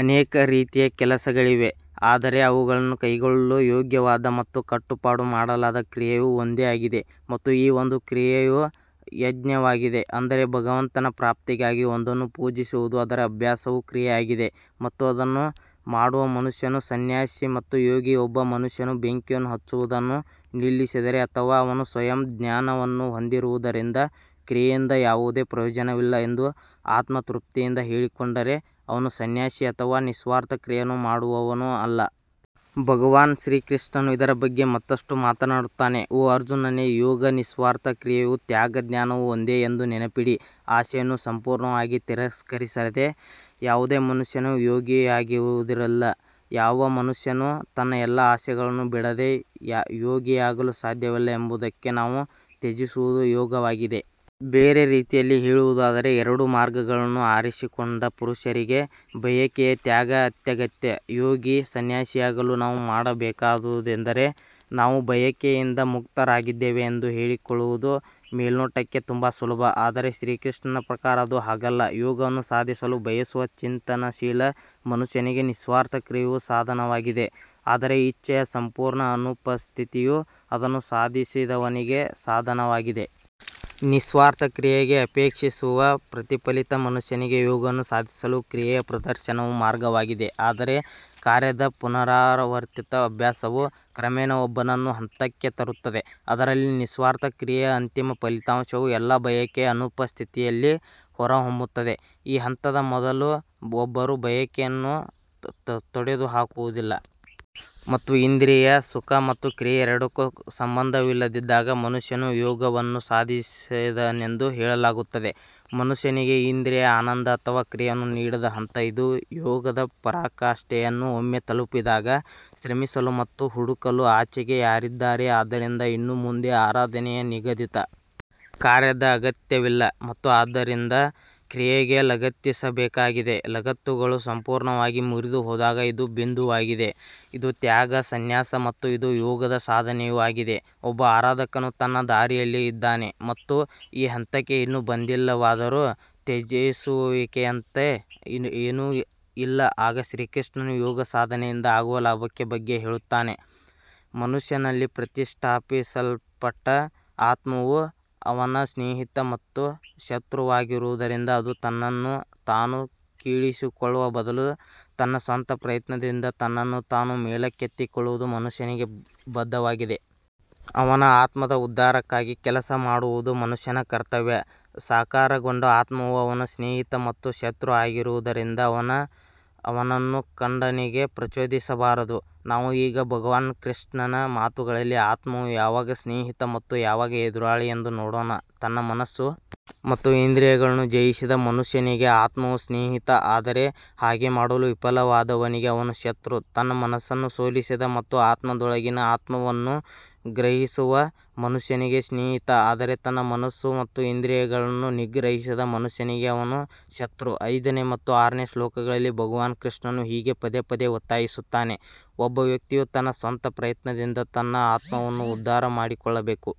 ಅನೇಕ ರೀತಿಯ ಕೆಲಸಗಳಿವೆ ಆದರೆ ಅವುಗಳಲ್ಲಿ ಕೈಗೊಳ್ಳಲು ಯೋಗ್ಯವಾದ ಮತ್ತು ಕಟ್ಟುಪಾಡು ಮಾಡಲಾದ ಕ್ರಿಯೆಯು ಒಂದೇ ಆಗಿದೆ. ಮತ್ತು ಈ ಒಂದು ಕ್ರಿಯೆಯು ಯಜ್ಞವಾಗಿದೆ ಅಂದರೆ ಭಗವಂತನ ಪ್ರಾಪ್ತಿಗಾಗಿ ಒಂದನ್ನು ಪೂಜಿಸುವುದು ಅದರ ಅಭ್ಯಾಸವು ಕ್ರಿಯೆಯಾಗಿದೆ ಮತ್ತು ಅದನ್ನು ಮಾಡುವ ಮನುಷ್ಯನು ಸನ್ಯಾಸಿ ಮತ್ತು ಯೋಗಿ ಒಬ್ಬ ಮನುಷ್ಯನು ಬೆಂಕಿಯನ್ನು ಹಚ್ಚುವುದನ್ನು ನಿಲ್ಲಿಸಿದರೆ ಅಥವಾ ಅವನು ಸ್ವಯಂ ಜ್ಞಾನವನ್ನು ಹೊಂದಿರುವುದರಿಂದ ಕ್ರಿಯೆಯಿಂದ ಯಾವುದೇ ಪ್ರಯೋಜನವಿಲ್ಲ ಎಂದು ಆತ್ಮತೃಪ್ತಿಯಿಂದ ಹೇಳಿಕೊಂಡರೆ ಅವನು ಸನ್ಯಾಸಿ ಅಥವಾ ನಿಸ್ವಾರ್ಥ ಕ್ರಿಯೆಯನ್ನು ಮಾಡುವವನೂ ಅಲ್ಲ. ಭಗವಾನ್ ಶ್ರೀಕೃಷ್ಣನು ಇದರ ಬಗ್ಗೆ ಮತ್ತಷ್ಟು ಮಾತನಾಡುತ್ತಾನೆ ಓ ಅರ್ಜುನನೇ, ಯೋಗ ನಿಸ್ವಾರ್ಥ ಕ್ರಿಯೆಯು ತ್ಯಾಗ ಜ್ಞಾನವು ಒಂದೇ ಎಂದು ನೆನಪಿಡಿ, ಆಸೆಯನ್ನು ಸಂಪೂರ್ಣವಾಗಿ ತಿರಸ್ಕರಿಸದೆ ಯಾವುದೇ ಮನುಷ್ಯನು ಯೋಗಿಯಾಗುವುದಿಲ್ಲ. ಯಾವ ಮನುಷ್ಯನು ತನ್ನ ಎಲ್ಲಾ ಆಸೆಗಳನ್ನು ಬಿಡದೆ ಯೋಗಿಯಾಗಲು ಸಾಧ್ಯವಿಲ್ಲ ಎಂಬುದಕ್ಕೆ ನಾವು ತ್ಯಜಿಸುವುದು ಯೋಗವಾಗಿದೆ. ಬೇರೆ ರೀತಿಯಲ್ಲಿ ಹೇಳುವುದಾದರೆ, ಎರಡೂ ಮಾರ್ಗಗಳನ್ನು ಆರಿಸಿಕೊಂಡ ಪುರುಷರಿಗೆ ಬಯಕೆಯ ತ್ಯಾಗ ಅತ್ಯಗತ್ಯ ಯೋಗಿ ಸನ್ಯಾಸಿಯಾಗಲು ನಾವು ಮಾಡಬೇಕಾದುದೆಂದರೆ ನಾವು ಬಯಕೆಯಿಂದ ಮುಕ್ತರಾಗಿದ್ದೇವೆ ಎಂದು ಹೇಳಿಕೊಳ್ಳುವುದು ಮೇಲ್ನೋಟಕ್ಕೆ ತುಂಬಾ ಸುಲಭ. ಆದರೆ ಶ್ರೀಕೃಷ್ಣನ ಪ್ರಕಾರ ಅದು ಹಾಗಲ್ಲ ಯೋಗವನ್ನು ಸಾಧಿಸಲು ಬಯಸುವ ಚಿಂತನಶೀಲ ಮನುಷ್ಯನಿಗೆ ನಿಸ್ವಾರ್ಥ ಕ್ರಿಯೆಯು ಸಾಧನವಾಗಿದೆ, ಆದರೆ ಇಚ್ಛೆಯ ಸಂಪೂರ್ಣ ಅನುಪಸ್ಥಿತಿಯು ಅದನ್ನು ಸಾಧಿಸಿದವನಿಗೆ ಸಾಧನವಾಗಿದೆ. ನಿಸ್ವಾರ್ಥ ಕ್ರಿಯೆಗೆ ಅಪೇಕ್ಷಿಸುವ ಪ್ರತಿಫಲಿತ ಮನುಷ್ಯನಿಗೆ ಯೋಗವನ್ನು ಸಾಧಿಸಲು ಕ್ರಿಯೆಯ ಪ್ರದರ್ಶನವು ಮಾರ್ಗವಾಗಿದೆ ಆದರೆ ಕಾರ್ಯದ ಪುನರಾವರ್ತಿತ ಅಭ್ಯಾಸವು ಕ್ರಮೇಣ ಒಬ್ಬನನ್ನು ಹಂತಕ್ಕೆ ತರುತ್ತದೆ, ಅದರಲ್ಲಿ ನಿಸ್ವಾರ್ಥ ಕ್ರಿಯೆಯ ಅಂತಿಮ ಫಲಿತಾಂಶವು ಎಲ್ಲಾ ಬಯಕೆಯ ಅನುಪಸ್ಥಿತಿಯಲ್ಲಿ ಹೊರಹೊಮ್ಮುತ್ತದೆ ಈ ಹಂತದ ಮೊದಲು ಒಬ್ಬರು ಬಯಕೆಯನ್ನು ತೊಡೆದುಹಾಕುವುದಿಲ್ಲ ಮತ್ತು ಇಂದ್ರಿಯ ಸುಖ ಮತ್ತು ಕ್ರಿಯೆ ಎರಡಕ್ಕೂ ಸಂಬಂಧವಿಲ್ಲದಿದ್ದಾಗ ಮನುಷ್ಯನು ಯೋಗವನ್ನು ಸಾಧಿಸಿದನೆಂದು ಹೇಳಲಾಗುತ್ತದೆ ಮನುಷ್ಯನಿಗೆ ಇಂದ್ರಿಯ ಆನಂದ ಅಥವಾ ಕ್ರಿಯೆಯನ್ನು ನೀಡದ ಹಂತ ಇದು ಯೋಗದ ಪರಾಕಾಷ್ಠೆಯನ್ನು ಒಮ್ಮೆ ತಲುಪಿದಾಗ, ಶ್ರಮಿಸಲು ಮತ್ತು ಹುಡುಕಲು ಆಚೆಗೆ ಯಾರಿದ್ದಾರೆ ಆದ್ದರಿಂದ ಇನ್ನು ಮುಂದೆ ಆರಾಧನೆಯ ನಿಗದಿತ ಕಾರ್ಯದ ಅಗತ್ಯವಿಲ್ಲ ಮತ್ತು ಆದ್ದರಿಂದ ಕ್ರಿಯೆಗೆ ಲಗತ್ತಿಸಬೇಕಾಗಿದೆ ಲಗತ್ತುಗಳು ಸಂಪೂರ್ಣವಾಗಿ ಮುರಿದುಹೋದಾಗ ಇದು ಬಿಂದುವಾಗಿದೆ ಇದು ತ್ಯಾಗ ಸನ್ಯಾಸ ಮತ್ತು ಇದು ಯೋಗದ ಸಾಧನೆಯೂ ಆಗಿದೆ ಒಬ್ಬ ಆರಾಧಕನು ತನ್ನ ದಾರಿಯಲ್ಲಿಯೇ ಇದ್ದಾನೆ ಮತ್ತು ಈ ಹಂತಕ್ಕೆ ಇನ್ನೂ ಬಂದಿಲ್ಲವಾದರೂ, ತ್ಯಜಿಸುವಿಕೆಯಂತೆ ಏನೂ ಇಲ್ಲ ಆಗ ಶ್ರೀಕೃಷ್ಣನು ಯೋಗ ಸಾಧನೆಯಿಂದ ಆಗುವ ಲಾಭದ ಬಗ್ಗೆ ಹೇಳುತ್ತಾನೆ ಮನುಷ್ಯನಲ್ಲಿ ಪ್ರತಿಷ್ಠಾಪಿಸಲ್ಪಟ್ಟ ಆತ್ಮವು ಅವನ ಸ್ನೇಹಿತ ಮತ್ತು ಶತ್ರುವಾಗಿರುವುದರಿಂದ ಅದು ತನ್ನನ್ನು ತಾನು ಕೀಳಿಸಿಕೊಳ್ಳುವ ಬದಲು ತನ್ನ ಸ್ವಂತ ಪ್ರಯತ್ನದಿಂದ ತನ್ನನ್ನು ತಾನು ಮೇಲಕ್ಕೆತ್ತಿಕೊಳ್ಳುವುದು ಮನುಷ್ಯನಿಗೆ ಬದ್ಧವಾಗಿದೆ. ಅವನ ಆತ್ಮದ ಉದ್ಧಾರಕ್ಕಾಗಿ ಕೆಲಸ ಮಾಡುವುದು ಮನುಷ್ಯನ ಕರ್ತವ್ಯ ಸಾಕಾರಗೊಂಡ ಆತ್ಮವು ಅವನ ಸ್ನೇಹಿತ ಮತ್ತು ಶತ್ರು ಆಗಿರುವುದರಿಂದ ಅವನು ಅವನನ್ನು ಖಂಡನೆಗೆ ಪ್ರಚೋದಿಸಬಾರದು ನಾವು ಈಗ ಭಗವಾನ್ ಕೃಷ್ಣನ ಮಾತುಗಳಲ್ಲಿ ಆತ್ಮವು ಯಾವಾಗ ಸ್ನೇಹಿತ ಮತ್ತು ಯಾವಾಗ ಎದುರಾಳಿ ಎಂದು ನೋಡೋಣ ತನ್ನ ಮನಸ್ಸು ಮತ್ತು ಇಂದ್ರಿಯಗಳನ್ನು ಜಯಿಸಿದ ಮನುಷ್ಯನಿಗೆ ಆತ್ಮವು ಸ್ನೇಹಿತ ಆದರೆ ಹಾಗೆ ಮಾಡಲು ವಿಫಲವಾದವನಿಗೆ ಅವನು ಶತ್ರು ತನ್ನ ಮನಸ್ಸನ್ನು ಸೋಲಿಸಿದ ಮತ್ತು ಆತ್ಮದೊಳಗಿನ ಆತ್ಮವನ್ನು ಗ್ರಹಿಸುವ ಮನುಷ್ಯನಿಗೆ ಸ್ನೇಹಿತ ಆದರೆ ತನ್ನ ಮನಸ್ಸು ಮತ್ತು ಇಂದ್ರಿಯಗಳನ್ನು ನಿಗ್ರಹಿಸದ ಮನುಷ್ಯನಿಗೆ ಅವನು ಶತ್ರು ಐದನೇ ಮತ್ತು ಆರನೇ ಶ್ಲೋಕಗಳಲ್ಲಿ ಭಗವಾನ್ ಕೃಷ್ಣನು ಹೀಗೆ ಪದೇ ಪದೇ ಒತ್ತಾಯಿಸುತ್ತಾನೆ, ಒಬ್ಬ ವ್ಯಕ್ತಿಯು ತನ್ನ ಸ್ವಂತ ಪ್ರಯತ್ನದಿಂದ ತನ್ನ ಆತ್ಮವನ್ನು ಉದ್ಧಾರ ಮಾಡಿಕೊಳ್ಳಬೇಕು.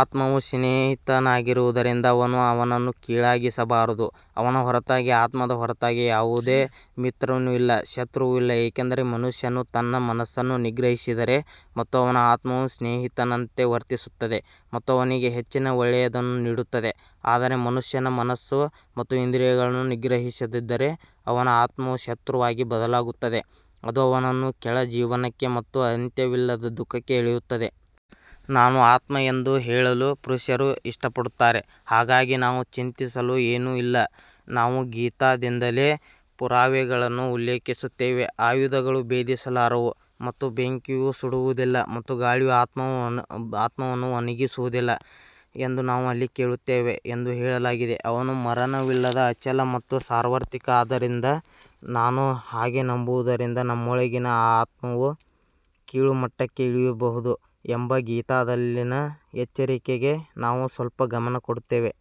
ಆತ್ಮವು ಸ್ನೇಹಿತನಾಗಿರುವುದರಿಂದ ಅವನು ಅವನನ್ನು ಕೀಳಾಗಿಸಬಾರದು ಅವನ ಹೊರತಾಗಿ ಆತ್ಮದ ಹೊರತಾಗಿ ಯಾವುದೇ ಮಿತ್ರನೂ ಇಲ್ಲ, ಶತ್ರುವೂ ಇಲ್ಲ ಏಕೆಂದರೆ ಮನುಷ್ಯನು ತನ್ನ ಮನಸ್ಸನ್ನು ನಿಗ್ರಹಿಸಿದರೆ ಮತ್ತು ಅವನ ಆತ್ಮವು ಸ್ನೇಹಿತನಂತೆ ವರ್ತಿಸುತ್ತದೆ ಮತ್ತು ಅವನಿಗೆ ಹೆಚ್ಚಿನ ಒಳ್ಳೆಯದನ್ನು ನೀಡುತ್ತದೆ ಆದರೆ ಮನುಷ್ಯನ ಮನಸ್ಸು ಮತ್ತು ಇಂದ್ರಿಯಗಳನ್ನು ನಿಗ್ರಹಿಸದಿದ್ದರೆ, ಅವನ ಆತ್ಮವು ಶತ್ರುವಾಗಿ ಬದಲಾಗುತ್ತದೆ, ಅದು ಅವನನ್ನು ಕೆಳ ಜೀವನಕ್ಕೆ ಮತ್ತು ಅಂತ್ಯವಿಲ್ಲದ ದುಃಖಕ್ಕೆ ಎಳೆಯುತ್ತದೆ. ನಾನು ಆತ್ಮ ಎಂದು ಹೇಳಲು ಪುರುಷರು ಇಷ್ಟಪಡುತ್ತಾರೆ ಹಾಗಾಗಿ ನಾವು ಚಿಂತಿಸಲು ಏನೂ ಇಲ್ಲ ನಾವು ಗೀತಾದಿಂದಲೇ ಪುರಾವೆಗಳನ್ನು ಉಲ್ಲೇಖಿಸುತ್ತೇವೆ ಆಯುಧಗಳು ಭೇದಿಸಲಾರವು ಮತ್ತು ಬೆಂಕಿಯು ಸುಡುವುದಿಲ್ಲ ಮತ್ತು ಗಾಳಿಯು ಆತ್ಮವನ್ನು ಒಣಗಿಸುವುದಿಲ್ಲ ಎಂದು ನಾವು ಅಲ್ಲಿ ಕೇಳುತ್ತೇವೆ ಎಂದು ಹೇಳಲಾಗಿದೆ ಅವನು ಮರಣವಿಲ್ಲದ ಅಚಲ ಮತ್ತು ಸಾರ್ವತ್ರಿಕ ಆದ್ದರಿಂದ ನಾನು ಹಾಗೆ ನಂಬುವುದರಿಂದ ನಮ್ಮೊಳಗಿನ ಈ ಆತ್ಮವು ಕೀಳು ಮಟ್ಟಕ್ಕೆ ಇಳಿಯಬಹುದು ಎಂಬ ಗೀತಾದಲ್ಲಿನ ಎಚ್ಚರಿಕೆಗೆ ನಾವು ಸ್ವಲ್ಪ ಗಮನ ಕೊಡುತ್ತೇವೆ.